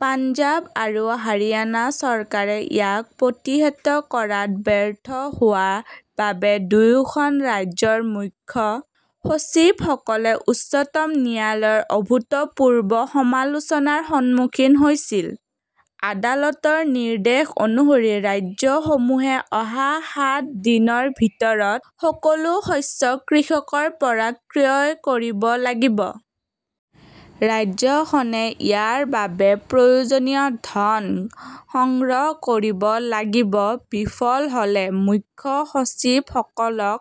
পঞ্জাৱ আৰু হাৰিয়ানা চৰকাৰে ইয়াক প্ৰতিহত কৰাত ব্যৰ্থ হোৱাৰ বাবে দুয়োখন ৰাজ্যৰ মুখ্য সচিবসকলে উচ্চতম ন্যায়ালয়ৰ অভূতপূৰ্ব সমালোচনাৰ সন্মুখীন হৈছিল। আদালতৰ নিৰ্দেশ অনুসৰি ৰাজ্যসমূহে অহা সাত দিনৰ ভিতৰত সকলো শস্য কৃষকৰ পৰা ক্ৰয় কৰিব লাগিব। ৰাজ্যখনে ইয়াৰ বাবে প্ৰয়োজনীয় ধন সংগ্ৰহ কৰিব লাগিব। বিফল হ'লে মুখ্য সচিবসকলক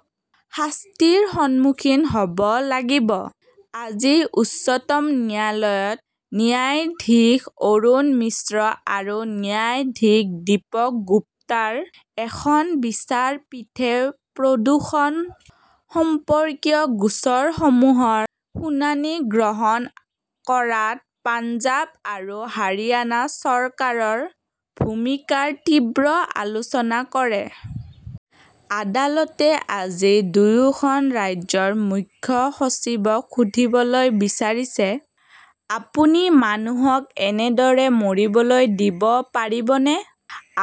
শাস্তিৰ সন্মুখীন হ" ব লাগিব। আজি উচ্চতম ন্যায়ালয়ত ন্যায়াধীশ অৰুণ মিশ্ৰ আৰু ন্যায়াধীশ দীপক গুপ্তাৰ এখন বিচাৰপীঠে প্ৰদূষণ সম্পৰ্কীয় গোচৰসমূহৰ শুনানি গ্ৰহণ কৰাত পঞ্জাৱ আৰু হাৰিয়ানা চৰকাৰৰ ভূমিকাৰ তীব্ৰ সমালোচনা কৰে। আদালতে আজি দুয়োখন ৰাজ্যৰ মুখ্য সচিবক সুধিবলৈ বিচাৰিছেঃ "আপুনি মানুহক এনেদৰে মৰিবলৈ দিব পাৰিবনে?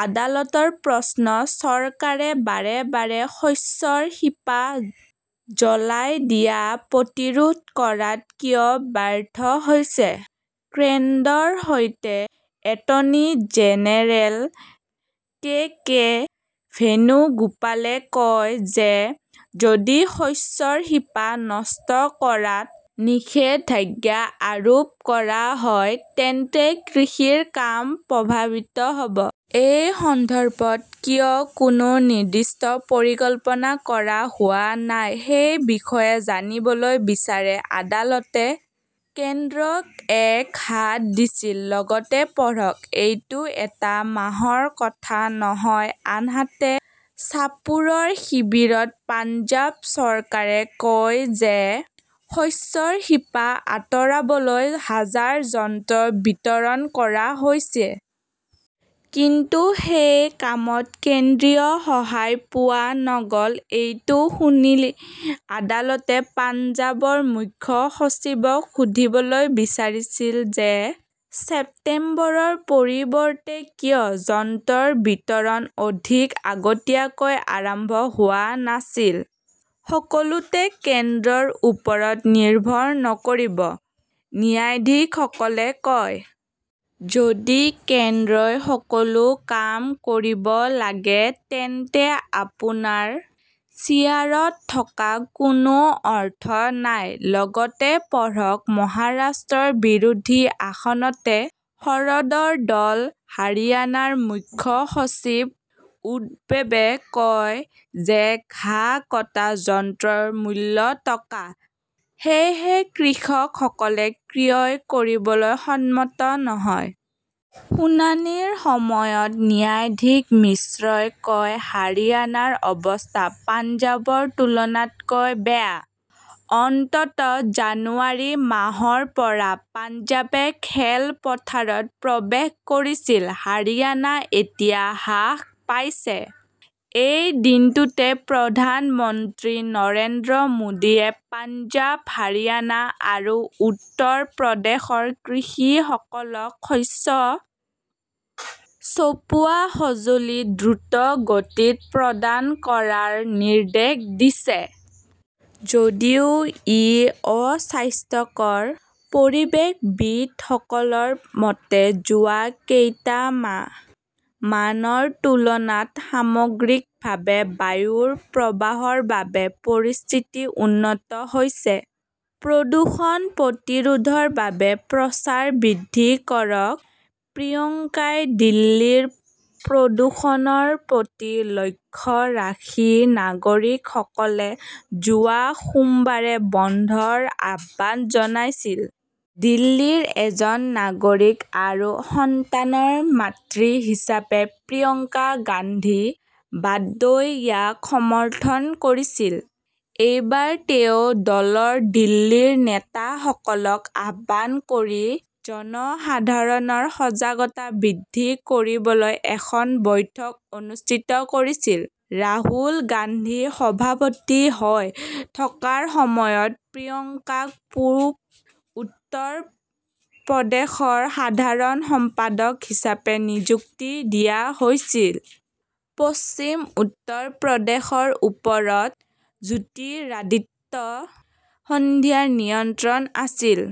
"আদালতৰ প্ৰশ্ন", চৰকাৰে বাৰে বাৰে শস্যৰ শিপা জ্বলাই দিয়া প্ৰতিৰোধ কৰাত কিয় ব্যৰ্থ হৈছে? "কেন্দ্ৰৰ হৈ এটৰ্নী জেনেৰেল কে কে ভেনুগোপালে কয় যে যদি শস্যৰ শিপা নষ্ট কৰাত নিষেধাজ্ঞা আৰোপ কৰা হয় তেন্তে কৃষিৰ কাম প্ৰভাৱিত হ'ব। এই সন্দৰ্ভত কিয় কোনো নিৰ্দিষ্ট পৰিকল্পনা কৰা হোৱা নাই সেই বিষয়ে জানিবলৈ বিচাৰি আদালতে কেন্দ্ৰক এক হাত দিছিল। লগতে পঢ়কঃ এইটো এটা মাহৰ কথা নহয়, আনহাতে ছাপুৰৰ শিবিৰত পঞ্জাৱ চৰকাৰে কয় যে শস্যৰ শিপা আঁতৰাবলৈ হাজাৰ যন্ত্ৰ বিতৰণ কৰা হৈছে। কিন্তু সেই কামত কেন্দ্ৰীয় সহায় পোৱা নগ'ল। এইটো শুনি আদালতে পঞ্জাৱৰ মুখ্য সচিবক সুধিবলৈ বিচাৰিছিল যে ছেপ্টেম্বৰৰ পৰিৱৰ্তে কিয় যন্ত্ৰৰ বিতৰণ অধিক আগতীয়াকৈ আৰম্ভ হোৱা নাছিল। "সকলোতে কেন্দ্ৰৰ ওপৰত নিৰ্ভৰ নকৰিব", ন্যায়াধীশসকলে কয়। যদি কেন্দ্ৰই সকলো কাম কৰিব লাগে, তেন্তে আপোনাৰ চেয়াৰত থকাৰ কোনো অৰ্থ নাই। লগতে পঢ়কঃ মহাৰাষ্ট্ৰৰ বিৰোধী আসনতে শৰদৰ দল, হাৰিয়ানাৰ মুখ্য সচিব উদ্ধৱে কয় যে ঘাঁহ কটা যন্ত্ৰৰ মূল্য টকা। সেয়েহে কৃষকসকলে ক্ৰয় কৰিবলৈ সন্মত নহয়। শুনানিৰ সময়ত ন্যায়াধীশ মিশ্ৰই কয়, "হাৰিয়ানাৰ অৱস্থা পঞ্জাৱৰ তুলনাতকৈ বেয়া। অন্ততঃ জানুৱাৰী মাহৰ পৰাই পঞ্জাৱে খেলপথাৰত প্ৰৱেশ কৰিছিল। হাৰিয়ানা এতিয়া হ্ৰাস পাইছে। "এই দিনটোতে প্ৰধানমন্ত্ৰী নৰেন্দ্ৰ মোদীয়ে পঞ্জাৱ, হাৰিয়ানা আৰু উত্তৰ প্ৰদেশৰ কৃষকসকলক শস্য চপোৱা সঁজুলি দ্ৰুতগতিত প্ৰদান কৰাৰ নিৰ্দেশ দিছে। যদিও ই অস্বাস্থ্যকৰ, পৰিৱেশবিদসকলৰ মতে যোৱা কেইমাহমানৰ তুলনাত সামগ্ৰিকভাৱে বায়ুৰ প্ৰবাহৰ বাবে পৰিস্থিতি উন্নত হৈছে। প্ৰদূষণ প্ৰতিৰোধৰ বাবে প্ৰচাৰ বৃদ্ধি কৰকঃ প্ৰিয়ংকাই দিল্লীৰ প্ৰদূষণৰ প্ৰতি লক্ষ্য ৰাখি নাগৰিকসকলে যোৱা সোমবাৰে বন্ধৰ আহ্বান জনাইছিল। দিল্লীৰ এজন নাগৰিক "আৰু সন্তানৰ মাতৃ" হিচাপে প্ৰিয়ংকা গান্ধী ৱাদ্ৰাই ইয়াক সমৰ্থন কৰিছিল। এইবাৰ তেওঁ দলৰ দিল্লীৰ নেতাসকলক আহ্বান কৰি জনসাধাৰণৰ সজাগতা বৃদ্ধি কৰিবলৈ এখন বৈঠক অনুষ্ঠিত কৰিছিল। ৰাহুল গান্ধী সভাপতি হৈ থকাৰ সময়তে প্ৰিয়ংকাক পূব উত্তৰ প্ৰদেশৰ সাধাৰণ সম্পাদক হিচাপে নিযুক্তি দিয়া হৈছিল। পশ্চিম উত্তৰ প্ৰদেশৰ ওপৰত জ্যোতিৰাদিত্য সিন্ধিয়াৰ নিয়ন্ত্ৰণ আছিল।